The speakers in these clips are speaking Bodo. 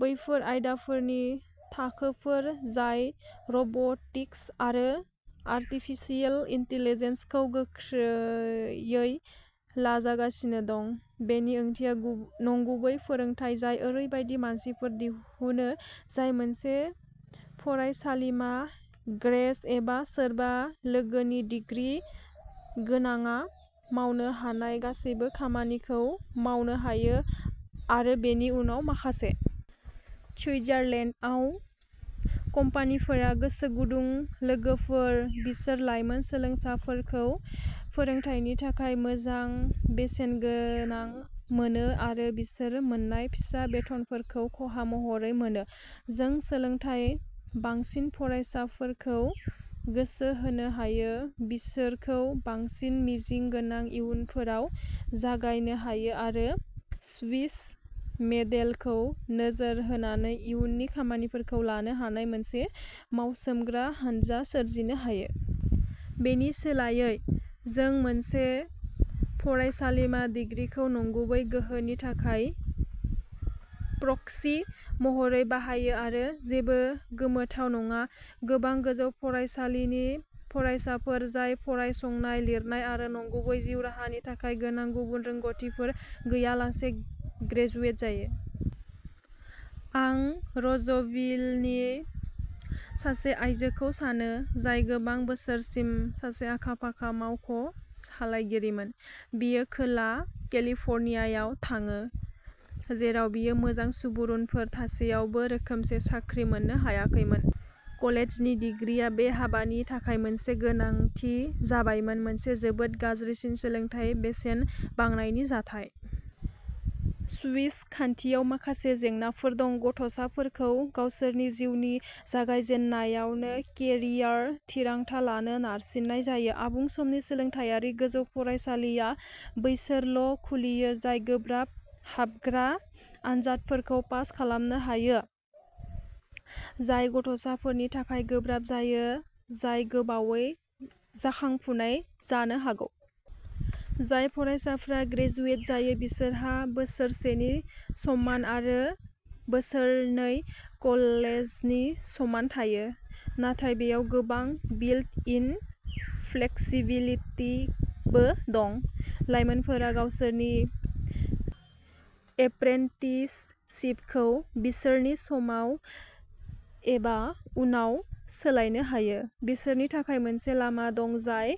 बैफोर आयदाफोरनि थाखोफोर जाय रब'टिक्स आरो आर्टिफिसियेल इन्टेलिजेन्सजों गोख्रैयै लाजागासिनो दं। बेनि ओंथिया गु नंगुबै फोरोंथाय जाय ओरैबायदि मानसिफोर दिहुनो जाय मोनसे फरायसालिमा ग्रेज एबा सोरबा लोगोनि दिग्रि गोनांआ मावनो हानाय गासैबो खामानिखौ मावनो हायो, आरो बेनि उनाव माखासे। सुइजारलेन्डआव, कम्पानिफोरा गोसो गुदुं लोगोफोर बिसोर लाइमोन सोलोंसाफोरखौ फोरोंथायनि थाखाय मोजां बेसेनगोनां मोनो आरो बिसोर मोन्नाय फिसा बेथनफोरखौ खहा महरै मोनो। जों सोलोंथायाव बांसिन फरायसाफोरखौ गोसो होनो हायो, बिसोरखौ बांसिन मिजिं गोनां इयुनफोराव जागायनो हायो आरो स्विस मडेलखौ नोजोर होनानै इयुननि खामानिफोरखौ लानो हानाय मोनसे मावसोमग्रा हानजा सोरजिनो हायो। बेनि सोलायै, जों मोनसे फरायसालिमा दिग्रिखौ नंगुबै गोहोनि थाखाय प्रक्सि महरै बाहायो आरो जेबो गोमोथाव नङा, गोबां गोजौ फरायसालिनि फरायसाफोर जाय फरायसंनाय, लिरनाय आरो नंगुबै जिउ राहानि थाखाय गोनां गुबुन रोंग'थिफोर गैयालासे ग्रेजुवेट जायो। आं रजभिलनि सासे आयजोखौ सानो, जाय गोबां बोसोरसिम सासे आखा-फाखा मावख' सामलायगिरिमोन। बियो खोला केलिफर्नियायाव थाङो, जेराव बियो मोजां सुबुरुनफोर थासेयावबो रोखोमसे साख्रि मोननो हायाखैमोन। कलेजनि डिग्रीआ बे हाबानि थाखाय मोनसे गोनांथि जाबायमोन, मोनसे जोबोद गाज्रिसिन सोलोंथाय बेसेन बांनायनि जाथाय। स्विस खान्थियाव माखासे जेंनाफोर दं। गथ'साफोरखौ गावसोरनि जिउनि जागायजेन्नायावनो केरियार थिरांथा लानो नारसिननाय जायो। आबुं समनि सोलोंथायारि गोजौ फरायसालिआ बैसोरल' खुलियो, जाय गोब्राब हाबग्रा आनजादफोरखौ पास खालामनो हायो, जाय गथ'साफोरनि थाखाय गोब्राब जायो, जाय गोबावै जाखांफुनाय जानो हागौ। जाय फरायसाफ्रा ग्रेजुवेट जायो बिसोरहा बोसोरसेनि समान आरो बोसोरनै कलेजनि समान थायो। नाथाय बेयाव गोबां बिल्ट इन फ्लेक्सिबिलिटिबो दं। लाइमोनफोरा गावसोरनि एप्रेन्टिसशिपखौ बिसोरनि समाव एबा उनाव सोलायनो हायो। बिसोरनि थाखाय मोनसे लामा दं जाय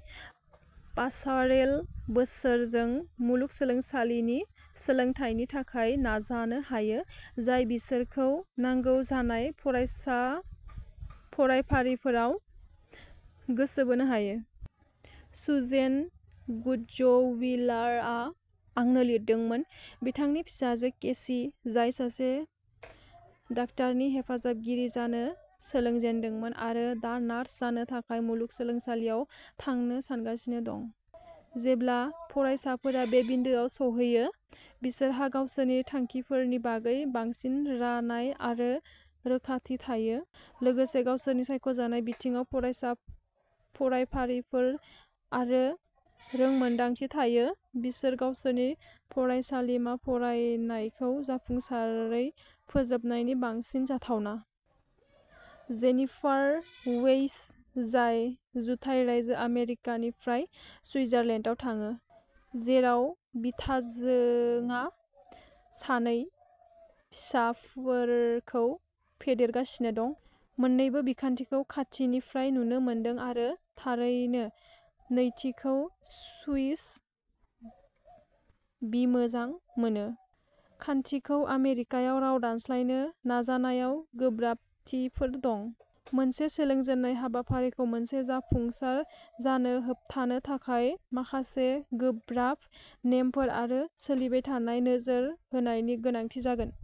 पासारेल बोसोरजों मुलुग सोलोंसालिनि सोलोंथायनि थाखाय नाजानो हायो, जाय बिसोरखौ नांगौ जानाय फरायसा फरायफारिफोराव गोसो बोनो हायो। सुजेन गुट्जविलारआ आंनो लिरदोंमोन। बिथांनि फिसाजो केसि, जाय सासे डाक्टारनि हेफाजाबगिरि जानो सोलोंजेनदोंमोन, आरो दा नार्स जानो थाखाय मुलुगसोलोंसालियाव थांनो सानगासिनो दं। जेब्ला फरायसाफोरा बे बिन्दोआव सौहैयो, बिसोरहा गावसोरनि थांखिफोरनि बागै बांसिन रानाय आरो रोखाथि थायो, लोगोसे गावसोरनि सायख'जानाय बिथिङाव फरायसा फरायफारिफोर आरो रोंमोनदांथि थायो बिसोर गावसोरनि फरायसालिमा फरायनायखौ जाफुंसारै फोजोबनायनि बांसिन जाथावना। जेनिफार वेइस, जाय जुथाइ रायजो आमेरिकानिफ्राय सुइजारलेन्डआव थाङो, जेराव बिथाजोङा सानै फिसाफोरखौ फेदेरगासिनो दं, मोन्नैबो बिखान्थिखौ खाथिनिफ्राय नुनो मोनदों आरो थारैनो नैथिखौ सुइस बिमोजां मोनो। खान्थिखौ आमेरिकायाव राव दानस्लायनो नाजानायाव गोब्राबथिफोर दं। मोनसे सोलोंजेननाय हाबाफारिखौ मोनसे जाफुंसार जानो होबथानो थाखाय माखासे गोब्राब नेमफोर आरो सोलिबाय थानाय नोजोर होनायनि गोनांथि जागोन।